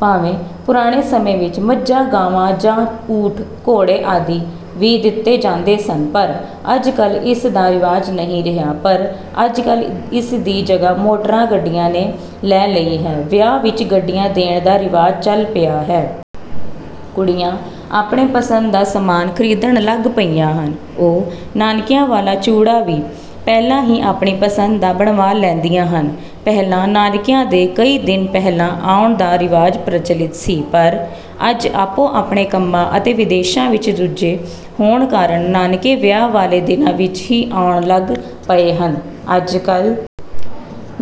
ਭਾਵੇਂ ਪੁਰਾਣੇ ਸਮੇਂ ਵਿੱਚ ਮੱਝਾਂ-ਗਾਵਾਂ ਜਾਂ ਊਠ, ਘੋੜੇ ਆਦਿ ਵੀ ਦਿੱਤੇ ਜਾਂਦੇ ਸਨ, ਪਰ ਅੱਜਕੱਲ੍ਹ ਇਸ ਦਾ ਰਿਵਾਜ ਨਹੀਂ ਰਿਹਾ। ਪਰ ਅੱਜਕੱਲ੍ਹ ਇਸ ਦੀ ਜਗ੍ਹਾ ਮੋਟਰਾਂ-ਗੱਡੀਆਂ ਨੇ ਲੈ ਲਈ ਹੈ। ਵਿਆਹ ਵਿੱਚ ਗੱਡੀਆਂ ਦੇਣ ਦਾ ਰਿਵਾਜ ਚੱਲ ਪਿਆ ਹੈ। ਕੁੜੀਆਂ ਆਪਣੇ ਪਸੰਦ ਦਾ ਸਮਾਨ ਖਰੀਦਣ ਲੱਗ ਪਈਆਂ ਹਨ। ਉਹ ਨਾਨਕਿਆਂ ਵਾਲਾ ਚੂੜਾ ਵੀ ਪਹਿਲਾਂ ਹੀ ਆਪਣੀ ਪਸੰਦ ਦਾ ਬਣਵਾ ਲੈਂਦੀਆਂ ਹਨ। ਪਹਿਲਾਂ ਨਾਨਕਿਆਂ ਦੇ ਕਈ ਦਿਨ ਪਹਿਲਾਂ ਆਉਣ ਦਾ ਰਿਵਾਜ ਪ੍ਰਚਲਿਤ ਸੀ, ਪਰ ਅੱਜ ਆਪੋ-ਆਪਣੇ ਕੰਮਾਂ ਅਤੇ ਵਿਦੇਸ਼ਾਂ ਵਿੱਚ ਰੁੱਝੇ ਹੋਣ ਕਾਰਨ ਨਾਨਕੇ ਵਿਆਹ ਵਾਲੇ ਦਿਨਾਂ ਵਿੱਚ ਹੀ ਆਉਣ ਲੱਗ ਪਏ ਹਨ। ਅੱਜਕੱਲ੍ਹ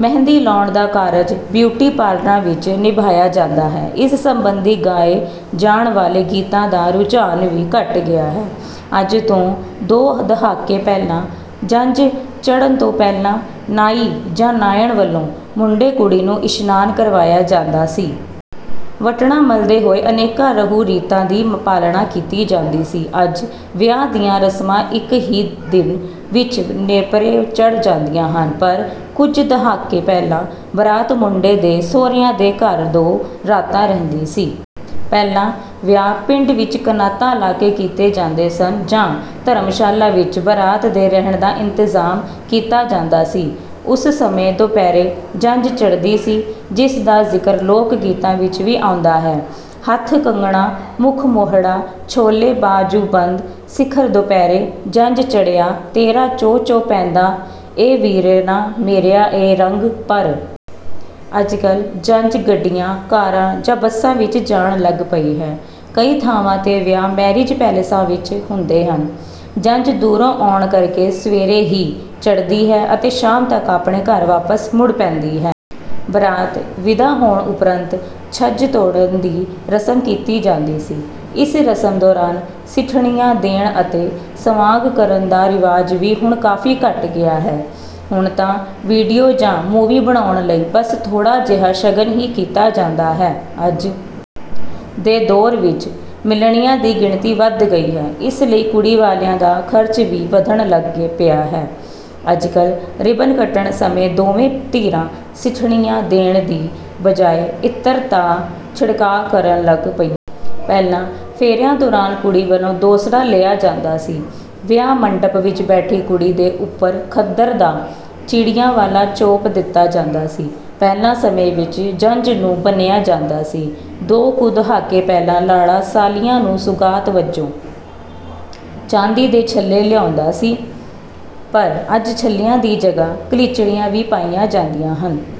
ਮਹਿੰਦੀ ਲਾਉਣ ਦਾ ਕਾਰਜ ਬਿਊਟੀ ਪਾਰਲਰਾਂ ਵਿੱਚ ਨਿਭਾਇਆ ਜਾਂਦਾ ਹੈ। ਇਸ ਸੰਬੰਧੀ ਗਾਏ ਜਾਣ ਵਾਲੇ ਗੀਤਾਂ ਦਾ ਰੁਝਾਨ ਵੀ ਘੱਟ ਗਿਆ ਹੈ। ਅੱਜ ਤੋਂ ਦੋ ਦਹਾਕੇ ਪਹਿਲਾਂ ਜੰਝ ਚੜ੍ਹਨ ਤੋਂ ਪਹਿਲਾਂ ਨਾਈ ਜਾਂ ਨਾਇਣ ਵੱਲੋਂ ਮੁੰਡੇ-ਕੁੜੀ ਨੂੰ ਇਸ਼ਨਾਨ ਕਰਵਾਇਆ ਜਾਂਦਾ ਸੀ। ਵਟਣਾ ਮਲਦੇ ਹੋਏ ਅਨੇਕਾਂ ਰਹੁ-ਰੀਤਾਂ ਦੀ ਪਾਲਣਾ ਕੀਤੀ ਜਾਂਦੀ ਸੀ। ਅੱਜ ਵਿਆਹ ਦੀਆਂ ਰਸਮਾਂ ਇੱਕ ਹੀ ਦਿਨ ਵਿੱਚ ਨੇਪਰੇ ਚੜ੍ਹ ਜਾਂਦੀਆਂ ਹਨ, ਪਰ ਕੁਝ ਦਹਾਕੇ ਪਹਿਲਾਂ ਬਰਾਤ ਮੁੰਡੇ ਦੇ ਸਹੁਰਿਆਂ ਦੇ ਘਰ ਦੋ ਰਾਤਾਂ ਰਹਿੰਦੀ ਸੀ। ਪਹਿਲਾਂ ਵਿਆਹ ਪਿੰਡ ਵਿੱਚ ਕਨਾਤਾਂ ਲਾ ਕੇ ਕੀਤੇ ਜਾਂਦੇ ਸਨ ਜਾਂ ਧਰਮਸ਼ਾਲਾ ਵਿੱਚ ਬਰਾਤ ਦੇ ਰਹਿਣ ਦਾ ਇੰਤਜ਼ਾਮ ਕੀਤਾ ਜਾਂਦਾ ਸੀ। ਉਸ ਸਮੇਂ ਦੁਪਹਿਰੇ ਜੰਝ ਚੜ੍ਹਦੀ ਸੀ, ਜਿਸ ਦਾ ਜ਼ਿਕਰ ਲੋਕ-ਗੀਤਾਂ ਵਿੱਚ ਵੀ ਆਉਂਦਾ ਹੈ ਹੱਥ ਕੰਗਣਾ ਮੁੱਖ ਮੋਹਿੜਾ, ਛੋਲੇ ਬਾਜੂਬੰਦ, ਸਿਖਰ ਦੁਪਹਿਰੇ ਜੰਝ ਚੜ੍ਹਿਆ, ਤੇਰਾ ਚੋਅ-ਚੋਅ ਪੈਂਦਾ, ਏ ਵੀਰਨਾ ਮੇਰਿਆ ਏ ਰੰਗ। ਪਰ ਅੱਜਕੱਲ੍ਹ ਜੰਝ ਗੱਡੀਆਂ, ਕਾਰਾਂ ਜਾਂ ਬੱਸਾਂ ਵਿੱਚ ਜਾਣ ਲੱਗ ਪਈ ਹੈ। ਕਈ ਥਾਵਾਂ ’ਤੇ ਵਿਆਹ ਮੈਰਿਜ ਪੈਲੇਸਾਂ ਵਿੱਚ ਹੁੰਦੇ ਹਨ। ਜੰਝ ਦੂਰੋਂ ਆਉਣ ਕਰਕੇ ਸਵੇਰੇ ਹੀ ਚੜ੍ਹਦੀ ਹੈ ਅਤੇ ਸ਼ਾਮ ਤੱਕ ਆਪਣੇ ਘਰ ਵਾਪਸ ਮੁੜ ਪੈਂਦੀ ਹੈ। ਬਰਾਤ ਵਿਦਾ ਹੋਣ ਉਪਰੰਤ ਛੱਜ ਤੋੜਨ ਦੀ ਰਸਮ ਕੀਤੀ ਜਾਂਦੀ ਸੀ। ਇਸ ਰਸਮ ਦੌਰਾਨ ਸਿੱਠਣੀਆਂ ਦੇਣ ਅਤੇ ਸਵਾਂਗ ਕਰਨ ਦਾ ਰਿਵਾਜ ਵੀ ਹੁਣ ਕਾਫ਼ੀ ਘੱਟ ਗਿਆ ਹੈ। ਹੁਣ ਤਾਂ ਵੀਡੀਓ ਜਾਂ ਮੂਵੀ ਬਣਾਉਣ ਲਈ ਬਸ ਥੋੜ੍ਹਾ ਜਿਹਾ ਸ਼ਗਨ ਹੀ ਕੀਤਾ ਜਾਂਦਾ ਹੈ। ਅੱਜ ਦੇ ਦੌਰ ਵਿੱਚ ਮਿਲਣੀਆਂ ਦੀ ਗਿਣਤੀ ਵੱਧ ਗਈ ਹੈ, ਇਸ ਲਈ ਕੁੜੀ ਵਾਲਿਆਂ ਦਾ ਖ਼ਰਚ ਵੀ ਵਧਣ ਲੱਗ ਪਿਆ ਹੈ। ਅੱਜਕੱਲ੍ਹ ਰੀਬਨ ਕੱਟਣ ਸਮੇਂ ਦੋਵੇਂ ਧਿਰਾਂ ਸਿੱਠਣੀਆਂ ਦੇਣ ਦੀ ਬਜਾਇ ਇਤਰ ਦਾ ਛਿੜਕਾਅ ਕਰਨ ਲੱਗ ਪਈਆਂ ਹਨ। ਪਹਿਲਾਂ ਫੇਰਿਆਂ ਦੌਰਾਨ ਕੁੜੀ ਵੱਲੋਂ ਦੋਸੜਾ ਲਿਆ ਜਾਂਦਾ ਸੀ। ਵਿਆਹ ਮੰਡਪ ਵਿੱਚ ਬੈਠੀ ਕੁੜੀ ਦੇ ਉੱਪਰ ਖੱਦਰ ਦਾ ਚਿੜੀਆਂ ਵਾਲਾ ਚੋਪ ਦਿੱਤਾ ਜਾਂਦਾ ਸੀ। ਪਹਿਲਾਂ ਸਮੇਂ ਵਿੱਚ ਜੰਝ ਨੂੰ ਬੰਨ੍ਹਿਆ ਜਾਂਦਾ ਸੀ। ਦੋ ਕੁ ਦਹਾਕੇ ਪਹਿਲਾਂ ਲਾੜਾ ਸਾਲੀਆਂ ਨੂੰ ਸੁਗਾਤ ਵਜੋਂ ਚਾਂਦੀ ਦੇ ਛੱਲੇ ਲਿਆਉਂਦਾ ਸੀ, ਪਰ ਅੱਜ ਛੱਲਿਆਂ ਦੀ ਜਗ੍ਹਾ ਕਲੀਚੜੀਆਂ ਵੀ ਪਾਈਆਂ ਜਾਂਦੀਆਂ ਹਨ।